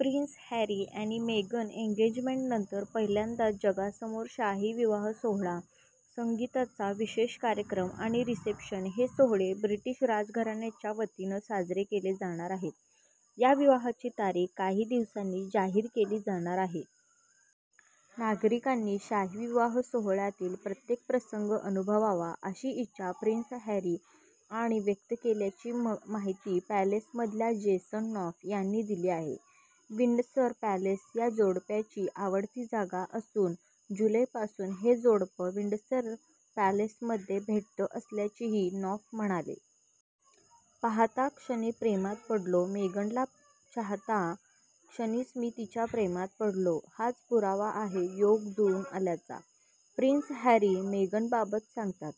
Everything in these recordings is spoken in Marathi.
प्रिन्स हॅरी आणि मेगन एंगेजमेंटनंतर पहिल्यांदाच जगासमोर शाही विवाह सोहळा, संगीताचा विशेष कार्यक्रम आणि रिसेप्शन हे सोहळे ब्रिटीश राजघराण्याच्या वतीनं साजरे केले जाणार आहेत. या विवाहाची तारीख काही दिवसांनी जाहीर केली जाणार आहे. नागरिकांनी शाही विवाह सोहळ्यातील प्रत्येक प्रसंग अनुभवावा अशी इच्छा प्रिन्स हॅरी यांनी व्यक्त केल्याची माहिती पॅलेसमधल्या जेसन नॉफ यांनी दिली आहे. विंडसर पॅलेस या जोडप्याची आवडती जागा असून जुलै पासून हे जोडपं विंडसर पॅलेसमध्ये भेटत असल्याचंही नॉफ म्हणाले. पाहता क्षणी प्रेमात पडलो मेगनला पाहता क्षणीच मी तिच्या प्रेमात पडलो, हाच पुरावा आहे योग जुळून आल्याचा. प्रिन्स हॅरी मेगनबाबत सांगतात.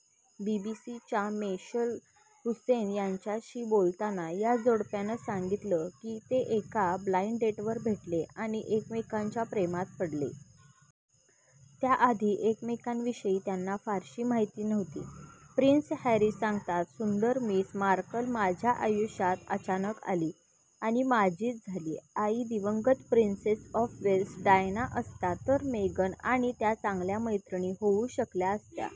बीबीसीच्या मिशेल हुसैन यांच्याशी बोलताना या जोडप्यानं सांगितलं की, ते एका ब्लाइंड डेटवर भेटले आणि एकमेकांच्या प्रेमात पडले. त्याआधी एकमेकांविषयी त्यांना फारशी माहिती नव्हती. प्रिन्स हॅरी सांगतात, 'सुंदर' मिस मार्कल माझ्या आयुष्यात अचानक आली आणि माझीच झाली. आई दिवंगत प्रिन्सेस ऑफ वेल्स डायना असत्या तर मेगन आणि त्या चांगल्या मैत्रीणी होऊ शकल्या असत्या.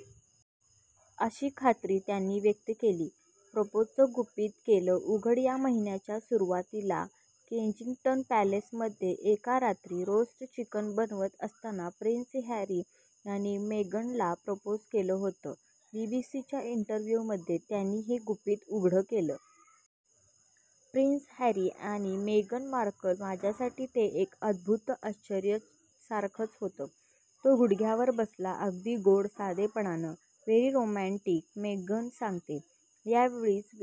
अशी खात्री त्यांनी व्यक्त केली. प्रपोजचं गुपित केलं उघड या महिन्याच्या सुरवातीला केंजिंग्टन पॅलेसमध्ये एका रात्री रोस्ट चिकन बनवत असताना प्रिन्स हॅरी यांनी मेगनला प्रपोज केलं होतं. बीबीसीच्या इंटरव्ह्यूमध्ये त्यांनी हे गुपित उघड केलं. प्रिन्स हॅरी आणि मेगन मार्कल माझ्यासाठी ते एक अद्भूत आश्चर्यासारखंच होतं. तो गुडघ्यावर बसला. अगदी गोड. साधेपणानं. Very romantic. मेगन सांगते. यावेळीच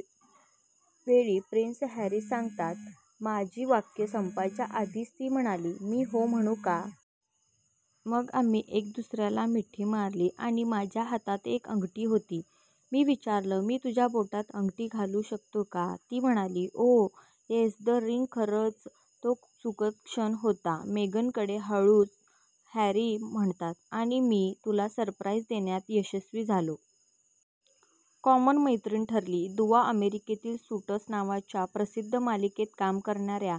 वेळी प्रिन्स हॅरी सांगतात, माझी वाक्य संपायच्या आधीच ती म्हणाली मी हो म्हणू का? मग आम्ही एकदुसऱ्याला मिठी मारली आणि माझ्या हातात एक अंगठी होती. मी विचारलं 'मी तुझ्या बोटात अंगठी घालू शकतो का? ती म्हणाली ओह येस द रिंग खरंच तो सुखद क्षण होता. मेगनकडे वळून हॅरी म्हणतात आणि मी तुला सरप्राइज देण्यात यशस्वी झालो. कॉमन मैत्रिण ठरली दुवा अमेरिकतील सुटस् नावाच्या प्रसिद्ध मालिकेत काम करणाऱ्या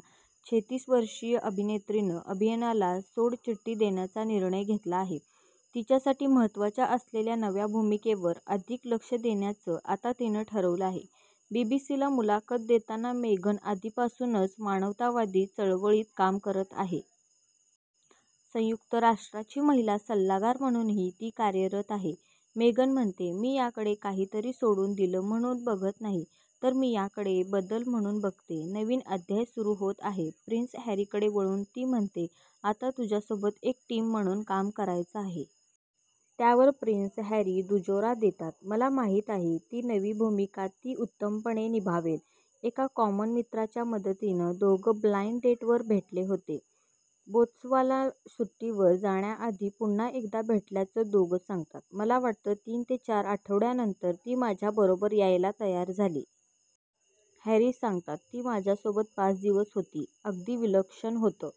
छेतीस वर्षीय अभिनेत्रीनं अभिनयाला सोडचिठ्ठी देण्याचा निर्णय घेतला आहे. तिच्यासाठी महत्त्वाच्या असलेल्या नव्या भूमिकेवर अधिक लक्ष देण्याचं आता तिनं ठरवलं आहे. बीबीसीला मुलाखत देताना मेगन आधीपासूनच मानवतावादी चळवळींत काम करत आहे. संयुक्त राष्ट्राची महिला सल्लागार म्हणूनही ती कार्यरत आहे. मेगन म्हणते मी याकडे काहीतरी सोडून दिल म्हणून बघत नाही. तर मी याकडे बदल म्हणून बघते. नवीन अध्याय सुरू होत आहे. प्रिन्स हॅरीकडे वळून ती म्हणते आता तुझ्यासोबत एक टीम म्हणून काम करायचं आहे. त्यावर प्रिन्स हॅरी दुजोरा देतात,"मला माहित आहे, ती नवी भूमिका ती उत्तमपणे निभावेल. एका कॉमन मित्राच्या मदतीनं दोघं ब्लाइंड डेटवर भेटले होते. बोत्सवानाला सुट्टीवर जाण्याआधी पुन्हा एकदा भेटल्याच दोघं सांगतात. मला वाटतं तीन ते चार आठवड्यांनंतर ती माझ्या बरोबर यायला तयार झाली. हॅरी सांगतात. ती माझ्यासोबत पाच दिवस होती. अगदी विलक्षण होतं